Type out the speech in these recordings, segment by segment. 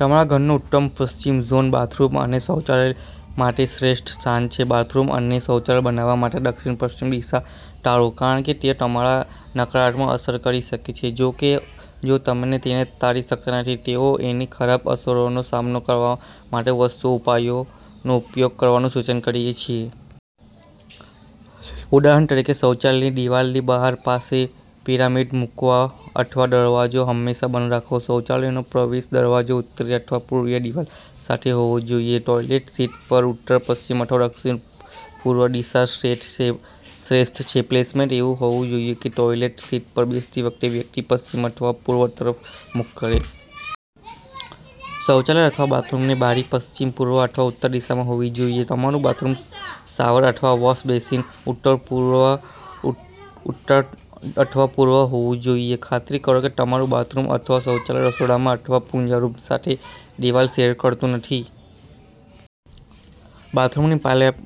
તમારા ઘરનો ઉત્તર-પશ્ચિમ ઝોન બાથરૂમ અને શૌચાલય માટે શ્રેષ્ઠ સ્થાન છે. બાથરૂમ અને શૌચાલય બનાવવા માટે દક્ષિણ-પશ્ચિમ દિશા ટાળો, કારણ કે તે તમારા નકારાત્મક અસર કરી શકે છે. જો કે, જો તમે તેને ટાળી શકતા નથી, તો અમે તેની ખરાબ અસરોનો સામનો કરવા માટે વાસ્તુ ઉપાયોનો ઉપયોગ કરવાનું સૂચન કરીએ છીએ. ઉદાહરણ તરીકે, શૌચાલયની દિવાલની બહાર પાસે પિરામિડ મૂકવો અથવા દરવાજો હંમેશા બંધ રાખવો. શૌચાલયનો પ્રવેશ દરવાજો ઉત્તરી અથવા પૂર્વીય દિવાલ સાથે હોવો જોઈએ. ટોયલેટ સીટ માટે ઉત્તર-પશ્ચિમ અથવા દક્ષિણ-પૂર્વ દિશા શ્રેષ્ઠ છે. પ્લેસમેન્ટ એવું હોવું જોઈએ કે ટોયલેટ સીટ પર બેસતી વખતે વ્યક્તિ પશ્ચિમ અથવા પૂર્વ તરફ મુખ કરે. શૌચાલય અથવા બાથરૂમની બારી પશ્ચિમ, પૂર્વ અથવા ઉત્તર દિશામાં હોવી જોઈએ. તમારું બાથરૂમ શાવર અથવા વૉશ બેસિન ઉત્તરપૂર્વ, ઉ ઉત્તર અથવા પૂર્વ હોવું જોઈએ. ખાતરી કરો કે તમારું બાથરૂમ અથવા શૌચાલય રસોડા અથવા પૂજા રૂમ સાથે દિવાલ શેર કરતું નથી. બાથરૂમની પાલેપ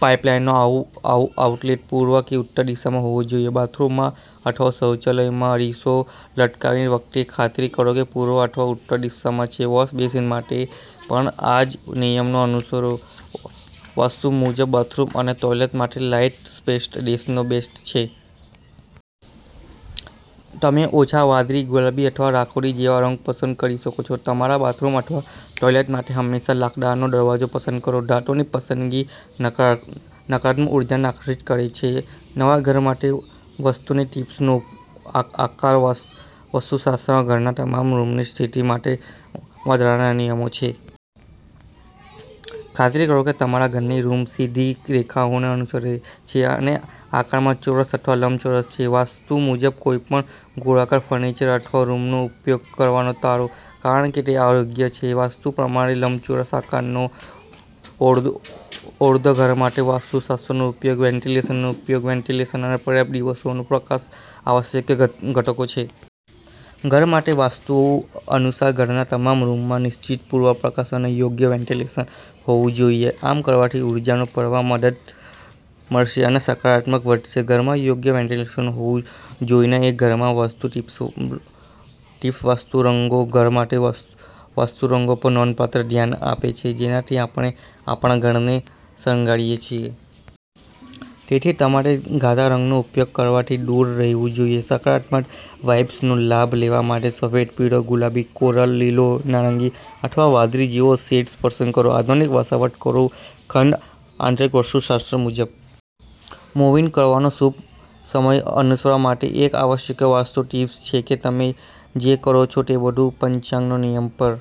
પાઇપલાઇનનો આઉ આઉ આઉટલેટ પૂર્વ કે ઉત્તર દિશામાં હોવો જોઈએ. બાથરૂમમાં અથવા શૌચાલયમાં અરીસો લટકાવતી વખતે, ખાતરી કરો કે તે પૂર્વ અથવા ઉત્તર દિશામાં છે. વૉશ બેસિન માટે પણ આ જ નિયમને અનુસરો. વસ્તુ મુજબ બાથરૂમ અને ટોયલેટ માટે લાઇટ પેસ્ટનો શેડ્સ બેસ્ટ છે. તમે ઓછા વાદળી, ગુલાબી અથવા રાખોડી જેવા રંગ પસંદ કરી શકો છો. તમારા બાથરૂમ અથવા ટોયલેટ માટે હંમેશા લાકડાનો દરવાજો પસંદ કરો. ધાતુની પસંદગી નકાર નકારાત્મક ઊર્જાને આકસીત કરી શકે છે. નવા ઘર માટે વાસ્તુ ટિપ્સરૂમનો આ આ આકાર વાસ્તુશાસ્ત્રમાં ઘરના તમામ રૂમની સ્થિતિ માટે વધારાના નિયમો છે. ખાતરી કરો કે તમારા ઘરની રૂમ સીધી રેખાઓને અનુસરે છે, અને આકારમાં ચોરસ અથવા લંબચોરસ છે. વાસ્તુ મુજબ કોઈપણ ગોળાકાર ફર્નિચર અથવા રૂમનો ઉપયોગ કરવાનું ટાળો કારણ કે તે અયોગ્ય છે. વાસ્તુ પ્રમાણે લંબચોરસ આકારનો ઓરડોઘર માટે વાસ્તુશાસ્ત્રયોગ્ય વેન્ટિલેશન યોગ્ય વેન્ટિલેશન અને પર્યાપ્ત દિવસનો પ્રકાશ આવશ્યક ઘટ ઘટકો છે. ઘર માટે વાસ્તુ અનુસાર, ઘરના તમામ રૂમમાં નિશ્ચિતપૂર્વ સૂર્યપ્રકાશ અને યોગ્ય વેન્ટિલેશન હોવું જોઈએ. આમ કરવાથી ઊર્જાના પ્રવાહમાં મદદ મળશે અને સકારાત્મકતા વધશે. ઘરમાં યોગ્ય વેન્ટિલેશન હોવું જોઈએનવા ઘર માટે વાસ્તુ ટિપ્સવાસ્તુ રંગો ઘર માટેની વાસ્તુરંગો પર નોંધપાત્ર ધ્યાન આપે છે કે જેનાથી આપણે આપણા ઘરને શણગારીએ છીએ. તેથી, તમારે ઘાટા રંગોનો ઉપયોગ કરવાથી દૂર રહેવું જોઈએ. સકારાત્મક વાઇબ્સનો લાભ લેવા માટે સફેદ, પીળો, ગુલાબી, કોરલ, લીલો, નારંગી અથવા વાદળી જેવા શેડ્સ પસંદ કરો. આધુનિક વસવાટ કરો ખંડ આંતરિક વાસ્તુશાસ્ત્ર મુજબ મૂવ-ઇન કરવાનો શુભ સમય અનુસરવા માટેની એક આવશ્યક વાસ્તુ ટીપ્સછે કે તમે જે કરો છો તે બધું પંચાંગ ના નિયમો પર